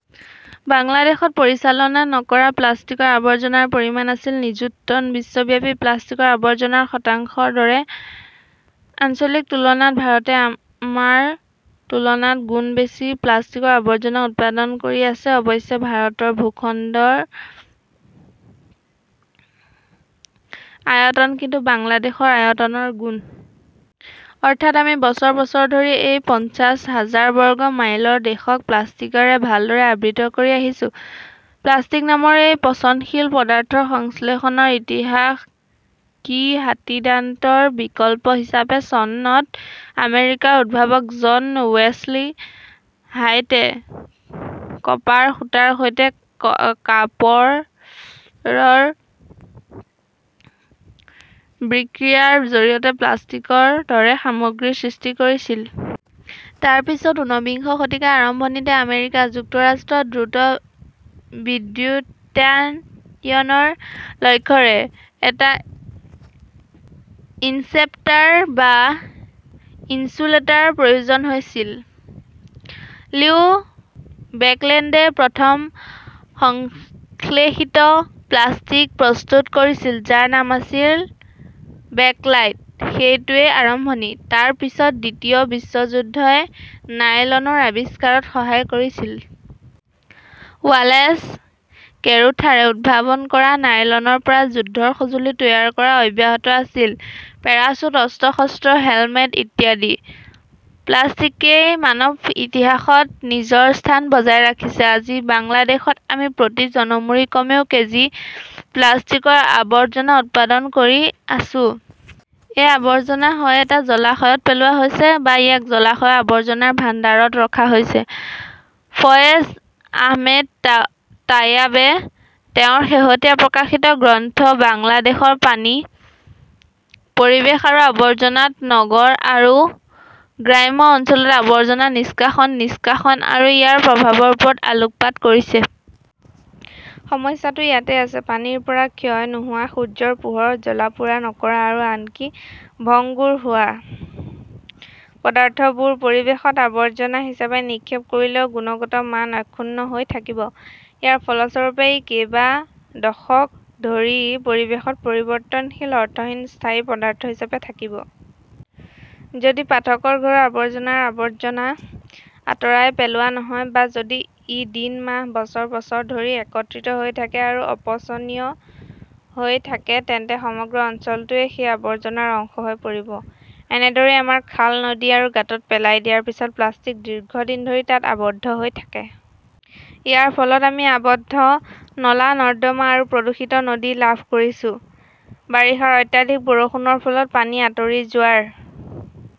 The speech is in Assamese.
বাংলাদেশত পৰিচালনা নকৰা প্লাষ্টিকৰ আৱৰ্জনাৰ পৰিমাণ আছিল নিযুত টন বিশ্বব্যাপী প্লাষ্টিকৰ আৱৰ্জনাৰ শতাংশৰ দৰে। আঞ্চলিক তুলনাত ভাৰতে আমাৰ তুলনাত গুণ বেছি প্লাষ্টিকৰ আৱৰ্জনা উৎপাদন কৰি আছে অৱশ্যে, ভাৰতৰ ভূখণ্ডৰ আয়তন কিন্তু বাংলাদেশৰ আয়তনৰ গুণ। অৰ্থাৎ, আমি বছৰ বছৰ ধৰি এই পঞ্চাশ হাজাৰ বৰ্গ মাইলৰ দেশক প্লাষ্টিকৰে ভালদৰে আবৃত কৰি আহিছো। প্লাষ্টিক নামৰ এই পচনশীল পদাৰ্থৰ সংশ্লেষণৰ ইতিহাস কি হাতীদান্তৰ বিকল্প হিচাপে চনত আমেৰিকাৰ উদ্ভাৱক জন ৱেছলি হাইটে কপাহৰ সূতাৰ সৈতে কাৰ্পৰৰ বিক্ৰিয়াৰ জৰিয়তে প্লাষ্টিকৰ দৰে সামগ্ৰী সৃষ্টি কৰিছিল। তাৰ পিছত, ঊনবিংশ শতিকাৰ আৰম্ভণিতে, আমেৰিকা যুক্তৰাষ্ট্ৰত দ্ৰুত বিদ্যুতায়নৰ লক্ষ্যৰে এটা ইনচেপ্টাৰ বা ইনচুলেটাৰৰ প্ৰয়োজন হৈছিল। লিও বেকলেণ্ডে প্ৰথম সংশ্লেষিত প্লাষ্টিক প্ৰস্তুত কৰিছিল, যাৰ নাম আছিল বেকলাইট। সেইটোৱেই আৰম্ভণি। তাৰ পিছত, দ্বিতীয় বিশ্বযুদ্ধই নাইলনৰ আৱিষ্কাৰত সহায় কৰিছিল। ৱালেছ কেৰোথাৰে উদ্ভাৱন কৰা নাইলনৰ পৰা যুদ্ধৰ সঁজুলি তৈয়াৰ কৰা অব্যাহত আছিল পেৰাচুট, অস্ত্ৰ-শস্ত্ৰ, হেলমেট ইত্যাদি। প্লাষ্টিকই মানৱ ইতিহাসত নিজৰ স্থান বজাই ৰাখিছে। আজি বাংলাদেশত আমি প্ৰতি জনমূৰি কমেও কেজি প্লাষ্টিকৰ আৱৰ্জনা উৎপাদন কৰি আছো। এই আৱৰ্জনা হয় এটা জলাশয়ত পেলোৱা হৈছে, বা ইয়াক জলাশয়ৰ আৱৰ্জনাৰ ভাণ্ডাৰত ৰখা হৈছে। ফয়েজ আহমেদ তায়াবে তেওঁৰ শেহতীয়া প্ৰকাশিত গ্ৰন্থ বাংলাদেশৰ পানী, পৰিৱেশ আৰু আৱৰ্জনা ত নগৰ আৰু গ্ৰাম্য অঞ্চলত আৱৰ্জনা নিষ্কাশন, নিষ্কাশন আৰু ইয়াৰ প্ৰভাৱৰ ওপৰত আলোকপাত কৰিছে। সমস্যাটো ইয়াতেই আছে। পানীৰ পৰা ক্ষয় নোহোৱা, সূৰ্যৰ পোহৰত জ্বলা-পোৰা নকৰা বা আনকি ভংগুৰ হোৱা পদাৰ্থবোৰ পৰিৱেশত আৱৰ্জনা হিচাপে নিক্ষেপ কৰিলে গুণগত মান অক্ষুণ্ণ হৈ থাকিব। ইয়াৰ ফলস্বৰূপে, ই কেইবা দশক ধৰি পৰিৱেশত পৰিৱৰ্তনশীল অৰ্থহীন স্থায়ী পদাৰ্থ হিচাপে থাকিব। যদি পাঠকৰ ঘৰৰ আৱৰ্জনাৰ আৱৰ্জনা আঁতৰাই পেলোৱা নহয়, বা যদি ই দিন, মাহ, বছৰ, বছৰ ধৰি একত্ৰিত হৈ থাকে আৰু অপচনীয় হৈ থাকে, তেন্তে সমগ্ৰ অঞ্চলটোৱেই সেই আৱৰ্জনাৰ অংশ হৈ পৰিব। এনেদৰেই আমাৰ খাল, নদী আৰু গাঁতত পেলাই দিয়াৰ পিছত প্লাষ্টিক দীৰ্ঘদিন ধৰি তাত আবদ্ধ হৈ থাকে। ইয়াৰ ফলত আমি আবদ্ধ নলা-নৰ্দমা আৰু প্ৰদূষিত নদী লাভ কৰিছো। বাৰিষাৰ অত্যাধিক বৰষুণৰ ফলত পানী আঁতৰি যোৱাৰ